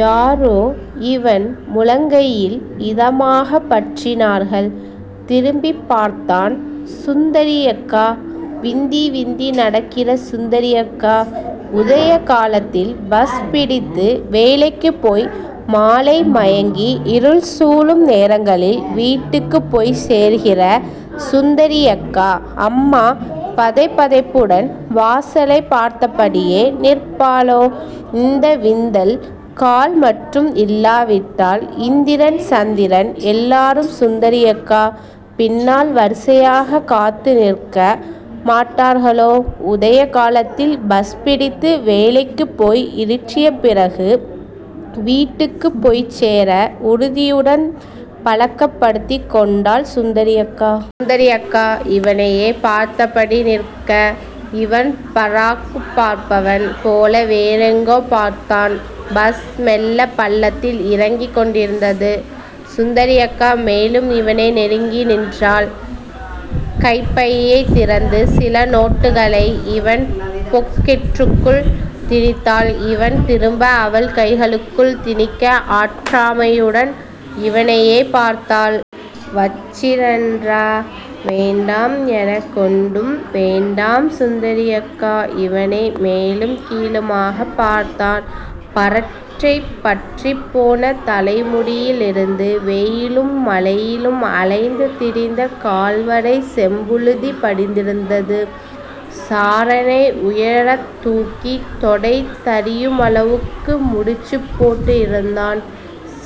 யாரோ இவன் முழங்கையில் இதமாகப் பற்றினார்கள். திரும்பிப்பார்த்தான். சுந்தரியக்கா விந்தி விந்தி நடக்கிற சுந்தரியக்கா உதயகாலத்தில் பஸ்பிடித்து வேலைக்குப் போய் மாலை மயங்கி இருள்சூளும் நேரங்களில் வீட்டுக்குப் போய்ச்சேர்கிற சுந்தரியக்கா அம்மா பதைபதைப்புடன் வாசலைப் பார்த்தபடியே நிற்பாளோ இந்த விந்தல் கால் மட்டும் இல்லாவிட்டால் இந்திரன் சந்திரன் எல்லாரும் சுந்தரியக்கா பின்னால் வரிசையாக காத்து நிற்க மாட்டார்களோ உதயகாலத்தில் பஸ்பிடித்து வேலைக்குப்போய் இருட்டியபிறகு வீட்டுக்குப் போய்ச்சேர உறுதியுடன் பழக்கப்படுத்திக் கொண்டாள் சுந்தரியக்கா. சுந்தரியக்கா இவனையே பார்த்தபடி நிற்க. இவன் பராக்குப் பார்ப்பவன் போல வேறெங்கோ பார்த்தான். பஸ் மெல்ல பள்ளத்தில் இறங்கிக் கொண்டிருந்தது. சுந்தரியக்கா மேலும் இவனை நெருங்கி நின்றாள். கைப்பையைத் திறந்து சில நோட்டுகளை இவன் பொக்கெற்றுக்குள் திணித்தாள். இவன் திரும்ப அவள் கைகளுக்குள் திணிக்க... ஆற்றாமையுடன் இவனையே பார்த்தாள். வச்சிரன்ரா...வேண்டாம்... எனக்கொண்டும் வேண்டாம். சுந்தரியக்கா இவனை மேலும் கீழுமாக பார்த்தான். பறட்டை பற்றிப்போன தலைமுடியிலிருந்து வெயிலும் மழையிலும் அலைந்து திரிந்த கால்வரை செம்புழுதி படிந்திருந்தது. சாறனை உயரத்தூக்கி தொடை தரியுமளவுக்கு முடிச்சுப்போட்டு இருந்தான்.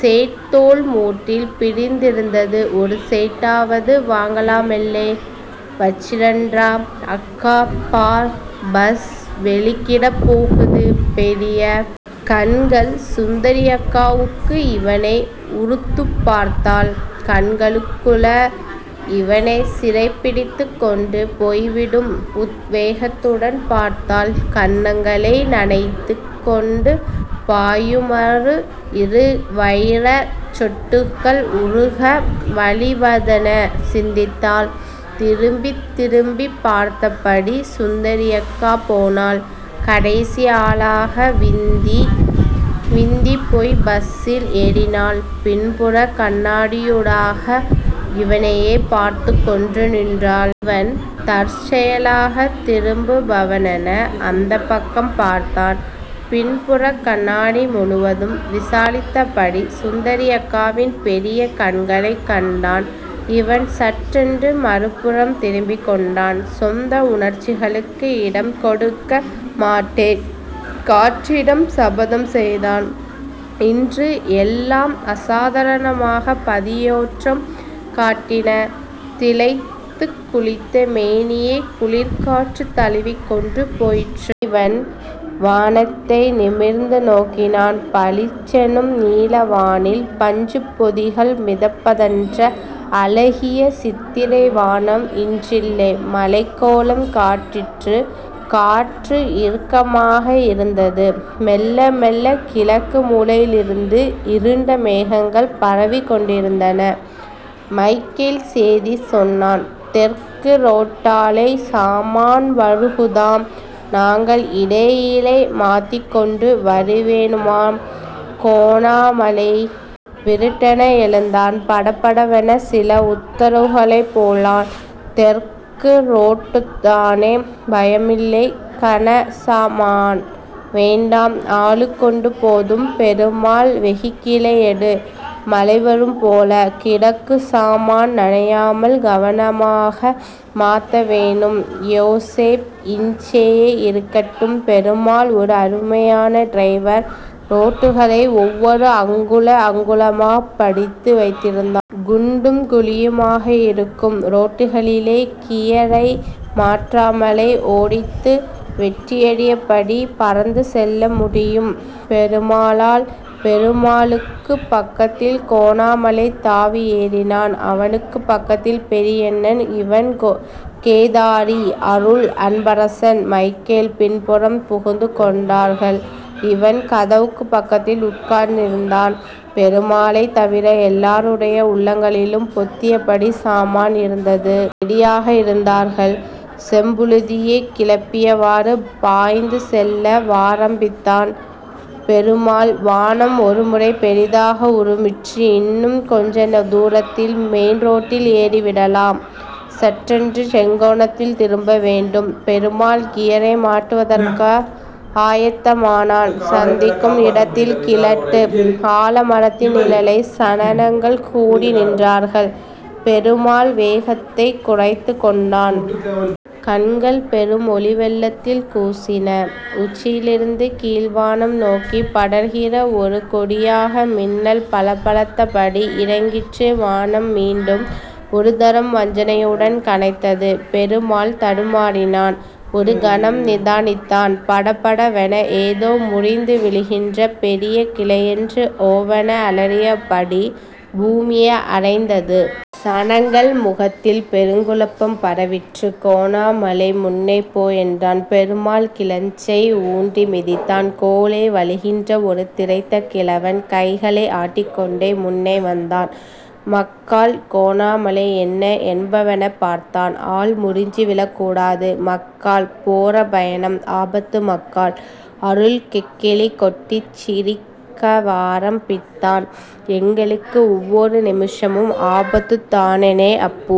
சேட் தோள்மூட்டில் பிரிந்திருந்தது ஒரு சேட்டாவது வாங்கலாமெல்லே... வச்சிரன்ரா...அக்கா.... பார்... பஸ் வெளிக்கிடப் போகுது..பெரிய கண்கள் சுந்தரியக்காவுக்கு. இவனை உறுத்துப்பார்த்தாள். கண்களுக்குள இவனைச் சிறைப்பிடித்துக் கொண்டு போய்விடும் உத்வேகத்துடன் பார்த்தாள். கன்னங்களை நனைத்துக் கொண்டு பாயுமாறு இரு வைரச்சொட்டுகள் உருக வழிவதென சிந்தினாள். திரும்பித் திரும்பிப் பார்த்தபடி சுந்தரியக்கா போனாள். கடைசி ஆளாக விந்தி விந்திப் போய் பஸ்ஸில் ஏறினாள். பின்புறக் கண்ணாடியூடாக இவனையே பார்த்துக் கொண்டு நின்றாள். இவன் தற்செயலாக திரும்புபவனென அந்தப்பக்கம் பார்த்தான். பின்புறக்கண்ணாடி முழுவதும் விசாலித்தபடி சுந்தரியக்காவின் பெரிய. கண்களைக் கண்டான். இவன் சட்டென்று மறுபுறம் திரும்பிக்கொண்டான். சொந்த உணர்ச்சிகளுக்கு இடம் கொடுக்க மாட்டேன் காற்றிடம் சபதம் செய்தான். இன்று எல்லாம் அசாதாரணமான புதியதோற்றம் காட்டின. திளைத்துக் குளித்த மேனியை குளிர்காற்று தழுவிக்கொண்டு போயிற்று. இவன் வானத்தை நிமிர்ந்து நோக்கினான். பளிச் செனும் நீலவானில் பஞ்சுப் பொதிகள் மிதப்பதன்ற அழகிய சித்திரைவானம் இன்றில்லை. மழைக்கோலம் காட்டிற்று. காற்று இறுக்கமாக இருந்தது. மெல்லமெல்ல கிழக்கு மூலையிலிருந்து இருண்டமேகங்கள் பரவிக் கொண்டிருந்தன. மைக்கேல் சேதி சொன்னான் தெற்கு றோட்டாலை சாமான் வருகுதாம்... நாங்கள் இடையிலே மாத்திக் கொண்டு வரவேணுமாம்...கோணாமலை விருட்டென எழுந்தான். படபடவென சில உத்தரவுகளைப் போள்ளான். தெற்கு றோட்டுத்தானே. பயமில்லை..... கனசாமான் வேண்டாம். ஆளுக்கொண்டு போதும். பெருமாள் வெகிக்கிளை எடு.... மழைவரும்போல கிடக்கு... சாமான் நனையாமல் கவனமாக மாத்தவேணும். யோசேப் இஞ்சேயே இருக்கட்டும் பெருமாள் ஒரு அருமையான ட்ரைவர் ரோட்டுகளை ஒவ்வொரு அங்குல அங்குலமாகப் படித்து வைத்திருந்தான். குண்டும் குழியுமாக இருக்கும் ரோட்டுகளிலே கியரை மாற்றாமலே ஒடித்து வெட்டியபடி பறந்து செல்ல முடியும் பெருமாளால். பெருமாளுக்குப் பக்கத்தில் கோணாமலை தாவி ஏறினான். அவனுக்குப் பக்கத்தில் பெரியண்ணன். இவன்.... கேதாரி... அருள்.... அன்பரசன்..... மைக்கேல்.... பின்புறம் புகுந்து கொண்டார்கள். இவன் கதவுக்குப் பக்கத்தில் உட்கார்ந்திருந்தான். பெருமாளைத் தவிர எல்லோருடைய உள்ளங்களிலும் பொத்தியபடி சாமான் இருந்தது. ரெடியாக இருந்தார்கள். செம்புழுதியைக் கிளப்பியவாறு பாய்ந்து செல்ல வாரம்பித்தான் பெருமாள் வானம் ஒருமுறை பெரிதாக உறுமிற்று. இன்னும் கொஞ்ச தூரத்தில் மெயின்ரோட்டில் ஏறிவிடலாம். சட்டென்று செங்கோணத்தில் திரும்பவேண்டும். பெருமாள் கியரை மாற்றுவதற்க ஆயத்தமானான். சந்திக்கும் இடத்தில் கிழட்டு ஆலமரத்தின் நிழலில் சனங்கள் கூடிநின்றார்கள். பெருமாள் வேகத்தைக் குறைத்துக் கொண்டான். கண்கள் பெரும் ஒளிவெள்ளத்தில் கூசின. உச்சியிலிருந்து கீழ்வானம் நோக்கி படர்கிற ஒரு கொடியாக மின்னல் பளபளத்த படி இறங்கிற்று. வானம் மீண்டும் ஒருதரம் வஞ்சனையுடன் கனைத்தது. பெருமாள் தடுமாறினான். ஒரு கணம் நிதானித்தான். படபடவென ஏதோ முறிந்து விழுகின்ற பெரிய கிளையன்று ஓவென அலறியபடி பூமியை அறைந்தது. சனங்கள் முகத்தில் பெருங்குழப்பம் பரவிற்று. கோணாமலை முன்னேபோ என்றான். பெருமாள் கிளச்சை ஊன்றி மிதித்தான். கோழை வழிகின்ற ஒரு திரைத்த கிழவன் கைகளை ஆட்டிக்கொண்டே முன்னே வந்தான். மக்காள்... கோணாமலை என்ன என்பவனெனப் பார்த்தான். ஆல் முறிஞ்சு விழக்கூடாது மக்காள்..போறபயணம் ஆபத்து மக்காள். அருள் கெக்கெலி கொட்டிச் சிரிக்கவாரம்பித்தான். எங்களுக்கு ஒவ்வொரு நிமிசமும் ஆபத்துத் தானேணே அப்பு